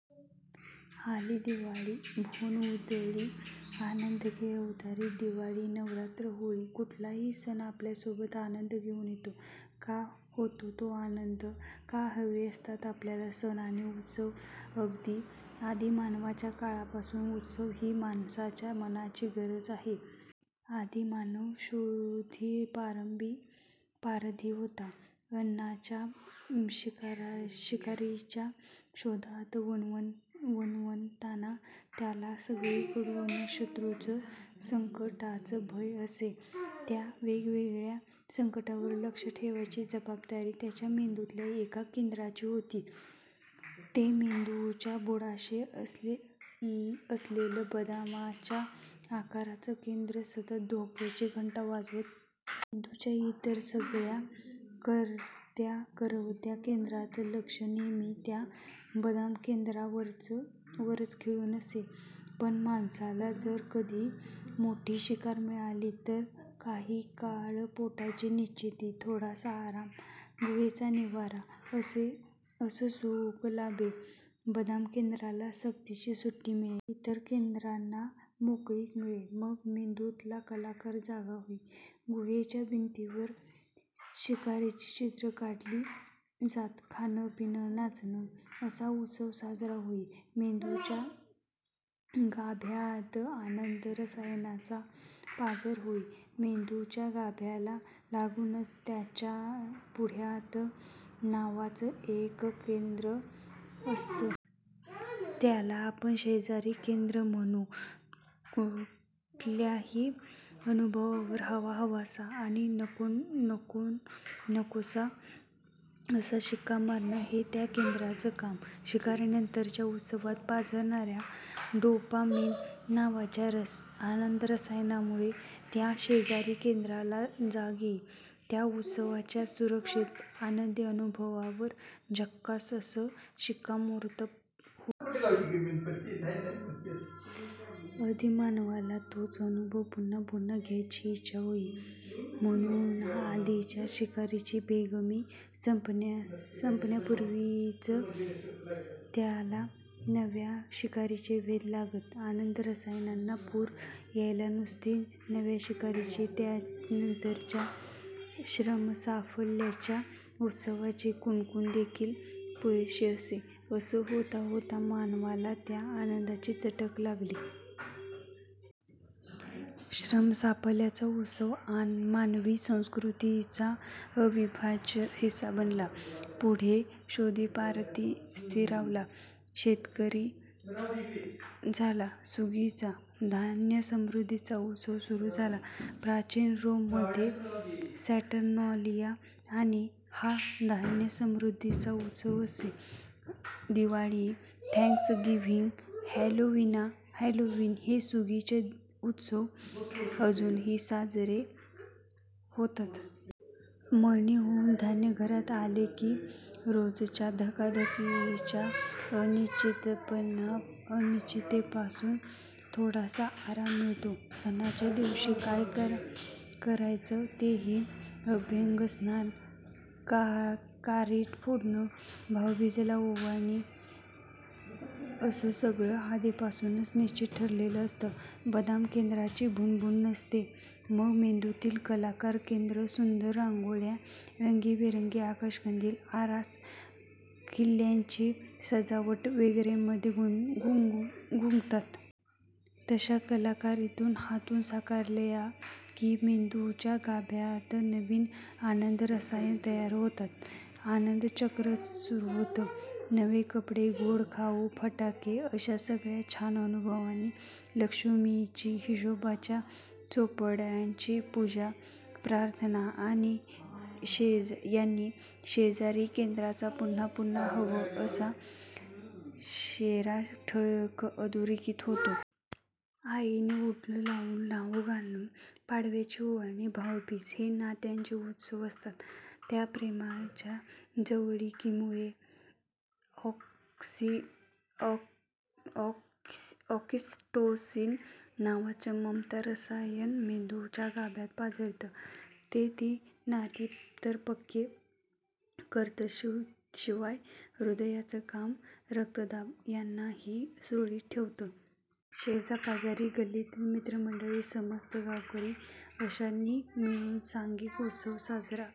आली दिवाळी, भुवन उजळी, आनंद घे अवतार" दिवाळी, नवरात्र, होळी… कुठलाही सण आपल्यासोबत आनंद घेऊन येतो. का होतो तो आनंद? का हवे असतात आपल्याला सण आणि उत्सव? अगदी आदिमानवाच्या काळापासून उत्सव ही माणसाच्या मनाची गरज आहे. आदिमानव शोधीपारधी होता. अन्नाच्या, शिकारीच्या शोधात वणवणताना त्याला सगळीकडून शत्रूंचं, संकटांचं भय असे. त्या वेगवेगळ्या संकटांवर लक्ष ठेवायची जबाबदारी त्याच्या मेंदूतल्या एका केंद्राची होती. ते मेंदूच्या बुडाशी असलेलं बदामाच्या आकाराचं केंद्र सतत धोक्याची घंटा वाजवत राही. मेंदूच्या इतर सगळ्या कर्त्याकरवत्या केंद्रांचं लक्ष नेहमी त्या बदामकेंद्रावरच खिळून असे. पण माणसाला जर कधी मोठी शिकार मिळाली तर काही काळ पोटाची निश्चिंती, थोडासा आराम, गुहेचा निवारा असं सुख लाभे. बदामकेंद्राला सक्तीची सुट्टी मिळे. इतर केंद्रांना मोकळीक मिळे. मग मेंदूतला कलाकार जागा होई. गुहेच्या भिंतीवर शिकारीची चित्रं काढली जात. खाणं-पिणं-नाचणं असा उत्सव साजरा होई. मेंदूच्या गाभ्यात आनंद-रसायनांचा पाझर होई. मेंदूच्या गाभ्याला लागूनच, त्याच्या पुढ्यात नावाचं एक केंद्र असतं. त्याला आपण 'शेजारी' केंद्र म्हणू. कुठल्याही अनुभवावर 'हवाहवासा' किंवा 'नकोनकोसा' असा शिक्का मारणं, हे त्या केंद्राचं काम. शिकारीनंतरच्या उत्सवात पाझरणाऱ्या 'डोपामीन' नावाच्या आनंदरसायनामुळे त्या 'शेजारी' केंद्राला जाग येई. त्या उत्सवाच्या सुरक्षित, आनंदी अनुभवावर 'झक्कास' असं शिक्कामोर्तब होई. आदिमानवाला तोच अनुभव पुन्हा पुन्हा घ्यायची इच्छा होई. म्हणून आधीच्या शिकारीची बेगमी संपण्यापूर्वीच त्याला नव्या शिकारीचे वेध लागत. आनंद-रसायनांना पूर यायला नुसती नव्या शिकारीची, त्यानंतरच्या श्रमसाफल्याच्या उत्सवाची कुणकुणदेखील पुरेशी असे. असं होता होता मानवाला त्या आनंदाची चटक लागली. श्रमसाफल्याचा उत्सव मानवी संस्कृतीचा अविभाज्य हिस्सा बनला. पुढे शोधीपारधी स्थिरावला, शेतकरी झाला. सुगीचा, धान्यसमृद्धीचा उत्सव सुरू झाला. प्राचीन रोममध्ये 'सॅटर्नालिया' हा धान्यसमृद्धीचा उत्सव असे. दिवाळी, थँक्सगिव्हिंग, हॅलोवीन हे सुगीचे उत्सव अजूनही साजरे होतात. मळणी होऊन धान्य घरात आलं की, रोजच्या धकाधकीच्या अनिश्चिततेपासून थोडासा आराम मिळतो. सणाच्या दिवशी काय करायचं तेही, अभ्यंगस्नान, कारिट फोडणं, भाऊबीजेला ओवाळणी असं सगळं आधीपासूनच निश्चित ठरलेलं असतं. बदामकेंद्राची भुणभुण नसते. मग मेंदूतली कलाकार केंद्रं सुंदर रांगोळ्या, रंगीबेरंगी आकाशकंदील, आरास, किल्ल्यांची सजावट वगैरेंमध्ये गुंगतात. तशा कलाकृती हातून साकारल्या की मेंदूच्या गाभ्यात नवी आनंदरसायनं तयार होतात. आनंदचक्रच सुरू होतं. नवे कपडे, गोड खाऊ, फटाके अशा सगळ्या छान अनुभवांनी, लक्ष्मीची, हिशेबाच्या चोपड्यांची पूजा, प्रार्थना यांनी 'शेजारी' केंद्राचा 'पुन्हा पुन्हा हवं' असा शेरा ठळक, अधोरेखित होतो. आईने उटणं लावून न्हाऊ घालणं, पाडव्याची ओवाळणी, भाऊबीज हे नात्यांचे उत्सव असतात. त्या प्रेमाच्या जवळिकीमुळे 'ऑक्सिटोसिन' नावाचं ममता-रसायन मेंदूच्या गाभ्यात पाझरतं. ते ती नाती तर पक्की करतंच, शिवाय हृदयाचं काम, रक्तदाब यांनाही सुरळीत ठेवतं. शेजारीपाजारी, गल्लीतली मित्रमंडळी, समस्त गावकरी अशांनी मिळून सांघिक उत्सव साजरा...